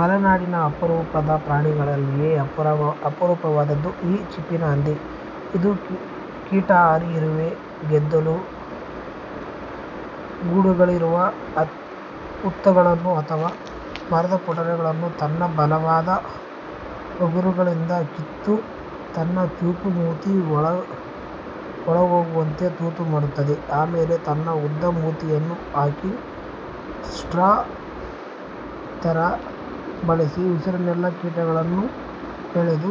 ಮಲೆನಾಡಿನ ಅಪರೂಪದ ಪ್ರಾಣಿಗಳಲ್ಲಿಯೇ ಅಪರೂಪವಾದದ್ದು ಈ ಚಿಪ್ಪಿನ ಹಂದಿ. ಇದು ಕೀಟಾಹಾರಿ. ಇರುವೆ, ಗೆದ್ದಲು ಗೂಡುಗಳಿರುವ ಹುತ್ತಗಳನ್ನು ಅಥವಾ ಮರದ ಪೊಟರೆಗಳನ್ನು ತನ್ನ ಬಲವಾದ ಉಗುರುಗಳಿಂದ ಕಿತ್ತು, ತನ್ನ ಚೂಪು ಮೂತಿ ಒಳಹೋಗುವಂತೆ ತೂತು ಮಾಡುತ್ತದೆ. ಆಮೇಲೆ ತನ್ನ ಉದ್ದ ಮೂತಿಯನ್ನು ಹಾಕಿ, ಸ್ಟ್ರಾ ತರ ಬಳಸಿ ಉಸಿರಿನಲ್ಲೇ ಕೀಟಗಳನ್ನು ಎಳೆದು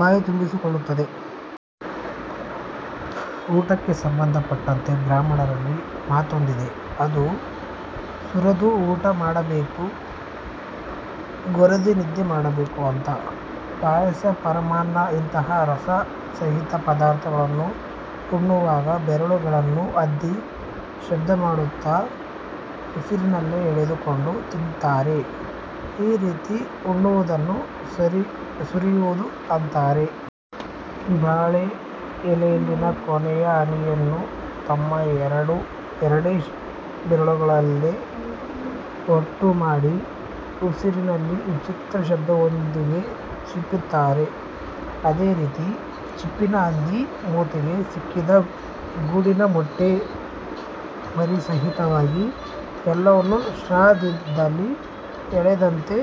ಬಾಯಿತುಂಬಿಸಿಕೊಳ್ಳುತ್ತದೆ. ಊಟಕ್ಕೆ ಸಂಬಂಧ ಪಟ್ಟಂತೆ ಬ್ರಾಹ್ಮಣರಲ್ಲಿ ಮಾತೊಂದಿದೆ. ಅದು 'ಸುರಿದು ಊಟ ಮಾಡಬೇಕು, ಗೊರೆದು ನಿದ್ದೆ ಮಾಡಬೇಕು' ಅಂಥ. ಪಾಯಸ ಪರಮಾನ್ನ ಇಂತಹ ರಸ ಸಹಿತ ಪದಾರ್ಥವನ್ನು ಉಣ್ಣುವಾಗ ಬೆರಳುಗಳನ್ನು ಅದ್ದಿ ಶಬ್ದ ಮಾಡುತ್ತಾ ಉಸಿರಿನಲ್ಲೇ ಎಳೆದು ಕೊಂಡು ತಿಂತಾರೆ. ಈ ರೀತಿ ಉಣ್ಣುವುದನ್ನು ಸುರಿಯುವುದು ಅಂತಾರೆ. ಬಾಳೆ ಎಲೆಯಲ್ಲಿನ ಕೊನೆಯ ಹನಿಯನ್ನೂ ತಮ್ಮ ಎರಡೇ ಬೆರಳುಗಳಲ್ಲೆ ಒಟ್ಟು ಮಾಡಿ ಉಸಿರಿನಲ್ಲಿ ವಿಚಿತ್ರ ಶಬ್ದದೊಂದಿಗೆ ಚೀಪುತ್ತಾರೆ. ಅದೇ ರೀತಿ ಚಿಪ್ಪಿನ ಹಂದಿ ಮೂತಿಗೆ ಸಿಕ್ಕಿದ ಗೂಡಿನ ಮೊಟ್ಟೆ ಮರಿ ಸಹಿತವಾಗಿ ಎಲ್ಲವನ್ನೂ ಸ್ಟ್ರಾದಲ್ಲಿ ಎಳೆದಂತೆ,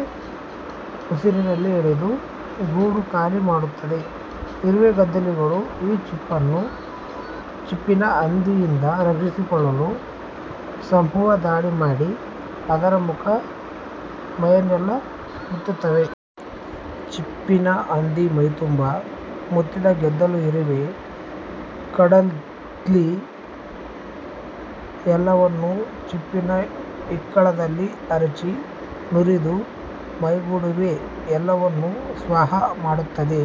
ಉಸಿರಿನಲ್ಲಿ ಎಳೆದು ಗೂಡು ಖಾಲಿ ಮಾಡ್ತದೆ. ಇರುವೆ ಗೆದ್ದಲುಗಳು ಈ ಚಿಪ್ಪಿನ ಹಂದಿಯಿಂದ ರಕ್ಷಿಸಿಕೊಳ್ಳಲು ಸಮೂಹ ದಾಳಿ ಮಾಡಿ, ಅದರ ಮುಖ ಮೈಯನ್ನೆಲ್ಲಾ ಮುತ್ತುತ್ತವೆ. ಚಿಪ್ಪಿನ ಹಂದಿ ಮೈತುಂಬಾ ಮುತ್ತಿದ ಗೆದ್ದಲು, ಇರುವೆ, ಕಡದ್ಲಿ ಎಲ್ಲವನ್ನು ಚಿಪ್ಪಿನ ಇಕ್ಕಳದಲ್ಲಿ ಅರಚಿ, ನುರಿದು ಮೈಕೊಡವಿ ಎಲ್ಲವನ್ನು 'ಸ್ವಾಹಾ' ಮಾಡುತ್ತದೆ.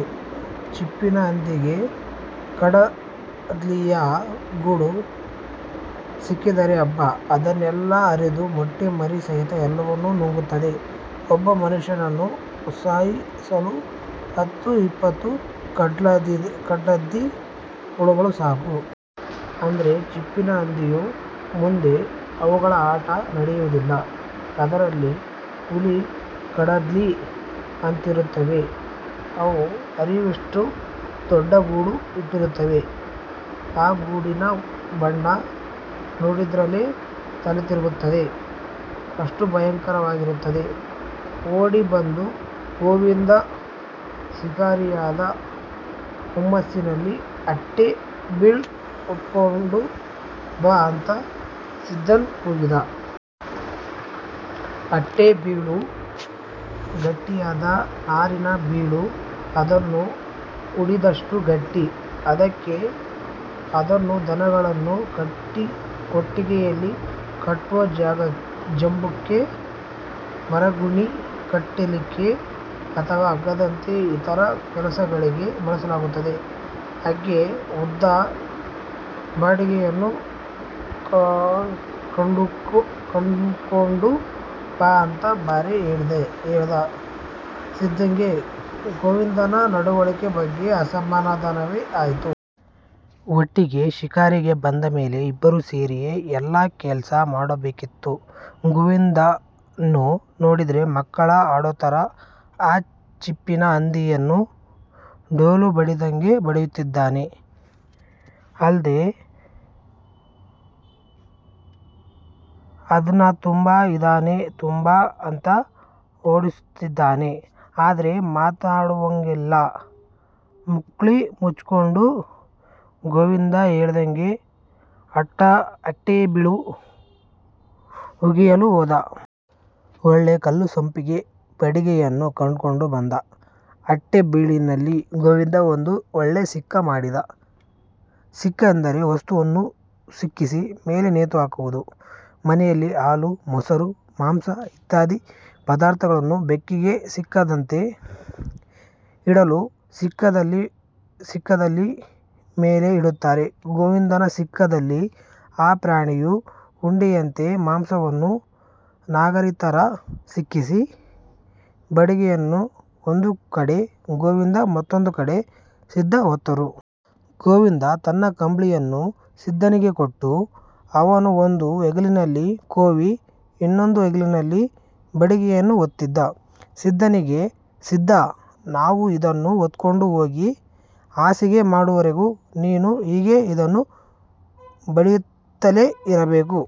ಚಿಪ್ಪಿನ ಹಂದಿಗೆ ಕಡದ್ಲಿಯ ಗೂಡು ಸಿಕ್ಕಿದರೆ ಹಬ್ಬ. ಅದನ್ನೆಲ್ಲಾ ಹರಿದು ಮೊಟ್ಟೆ ಮರಿ ಸಹಿತ ಎಲ್ಲವನ್ನು ನುಂಗುತ್ತದೆ. ಒಬ್ಬ ಮನುಷ್ಯನನ್ನು ಸಾಯಿಸಲು ಹತ್ತು-ಇಪ್ಪತ್ತು ಕಡದ್ಲಿ ಹುಳಗಳು ಸಾಕು. ಆದ್ರೆ ಚಿಪ್ಪಿನ ಹಂದಿಯ ಮುಂದೆ ಅವುಗಳ ಆಟ ನಡೆಯುವುದಿಲ್ಲ. ಅದರಲ್ಲಿ ಹುಲಿ ಕಡದ್ಲಿ ಅಂತಿರುತ್ತವೆ. ಅವು ಹರಿವೆಯಷ್ಟು ದೊಡ್ಡ ಗೂಡು ಕಟ್ಟುತ್ತವೆ. ಆ ಗೂಡಿನ ಬಣ್ಣ ನೋಡಿದ್ರೆನೇ ತಲೆತಿರುಗುತ್ತದೆ. ಅಷ್ಟು ಭಯಂಕರವಾಗಿರುತ್ತದೆ. ಓಡಿ ಬಂದ ಗೋವಿಂದ ಶಿಕಾರಿಯಾದ ಹುಮ್ಮಸ್ಸಲ್ಲಿ ಅಟ್ಟೆ ಬೀಳ್ ಉಕ್ಕೋಂಡು ಬಾ ಅಂತ ಸಿದ್ದನ್ ಕೂಗಿದ. ಅಟ್ಟೆ ಬೀಳು ಗಟ್ಟಿಯಾದ ನಾರಿನ ಬೀಳು. ಅದನ್ನು ಉಡಿದಷ್ಟು ಗಟ್ಟಿ. ಅದಕ್ಕೆ ಅದನ್ನ ದನಗಳನ್ನು ಕೊಟ್ಟಿಗೆಯಲ್ಲಿ ಕಟ್ಟುವ ಜಾಬಕ್ಕೆ, ಮರುಗುಣಿ ಕಟ್ಟಲಿಕ್ಕೆ ಅಥವಾ ಹಗ್ಗದಂತೆ ಇತರ ಕೆಲಸಗಳಿಗೆ ಬಳಸುತ್ತಾರೆ. ಹಂಗೆ ಉದ್ದ ಬಡಿಗೆಯನ್ನೂ ಕಡ್ಕೊಂಡು ಬಾ ಅಂತ ಬೇರೆ ಹೇಳ್ದ. ಸಿದ್ದಂಗೆ ಗೋವಿಂದನ ನಡವಳಿಕೆ ಬಗ್ಗೆ ಅಸಮಧಾನವೇ ಆಯ್ತು. ಒಟ್ಟಿಗೆ ಶಿಕಾರಿಗೆ ಬಂದ್ ಮೇಲೆ ಇಬ್ಬರು ಸೇರಿಯೇ ಎಲ್ಲಾ ಕೆಲ್ಸ ಮಾಡಬೇಕಿತ್ತು. ಗೋವಿಂದನ್ನ ನೋಡಿದ್ರೆ ಮಕ್ಕಳು ಆಡೋತರ ಆ ಚಿಪ್ಪಿನ ಹಂದಿಯನ್ನ ಡೋಲು ಬಡಿದಂಗೆ ಬಡಿಯುತ್ತಿದ್ದಾನೆ. ಅಲ್ದೆ ಅದನ್ ತಾಂಬ, ಇದನ್ ತಾಂಬ ಅಂತ ಓಡಾಡಿಸುತ್ತಿದ್ದಾನೆ. ಆದ್ರೆ ಮಾತಾಡುವಂಗಿಲ್ಲ. ಮುಕ್ಳಿಮುಚ್ಚಿಕೊಂಡು ಗೋವಿಂದ ಹೇಳ್ದಂಗೆ, ಅಟ್ಟೆಬೀಳು ಉಗಿಯಲು ಹೋದ. ಒಳ್ಳೆ ಕಲ್ಲುಸಂಪಿಗೆ ಬಡಿಗೆಯನ್ನು ಕಡ್ಕೊಂಡು ಬಂದ. ಅಟ್ಟೆ ಬೀಳಿನಲ್ಲಿ ಗೋವಿಂದ ಒಂದು ಒಳ್ಳೆ ಸಿಕ್ಕ ಮಾಡಿದ ಸಿಕ್ಕ ಅಂದರೆ, ವಸ್ತುವನ್ನು ಸಿಕ್ಕಿಸಿ ಮೇಲೆ ನೇತುಹಾಕುವುದು. ಮನೆಯಲ್ಲಿ ಹಾಲು ಮೊಸರು ಮಾಂಸ ಇತ್ಯಾದಿ ಪದಾರ್ಥಗಳನ್ನು ಬೆಕ್ಕಿಗೆ ಸಿಕ್ಕದಂತೆ ಇಡಲು ಸಿಕ್ಕದಲ್ಲಿ ಮೇಲೆ ಇಡುತ್ತಾರೆ. ಗೋವಿಂದನ ಸಿಕ್ಕದಲ್ಲಿ ಆ ಪ್ರಾಣಿಯ ಉಂಡೆಯಂತ ದೇಹವನ್ನು ನಗಾರಿತರ ಸಿಕ್ಕಿಸಿ, ಬಡಿಗೆಯನ್ನು ಒಂದು ಕಡೆ ಗೋವಿಂದ ಮತ್ತೊಂದು ಕಡೆ ಸಿದ್ದ ಹೊತ್ತರು. ಗೋವಿಂದ ತನ್ನ ಕಂಬ್ಳಿಯನ್ನು ಸಿದ್ದನಿಗೆ ಕೊಟ್ಟು, ಅವನು ಒಂದು ಹೆಗಲಲ್ಲಿ ಕೋವಿ, ಇನ್ನೊಂದು ಹೆಗಲಲ್ಲಿ ಬಡಿಗೆಯನ್ನು ಹೊತ್ತಿದ್ದ. ಸಿದ್ದನಿಗೆ, 'ಸಿದ್ದಾ ನಾವು ಇದನ್ನ ಹೊತ್ಕೊಂಡು ಹೋಗಿ ಹಸಿಗೆ ಮಾಡುವರೆಗೂ ನೀನು ಹೀಗೇ ಇದನ್ನು ಬಡಿಯುತ್ತಲೇ ಇರಬೇಕು.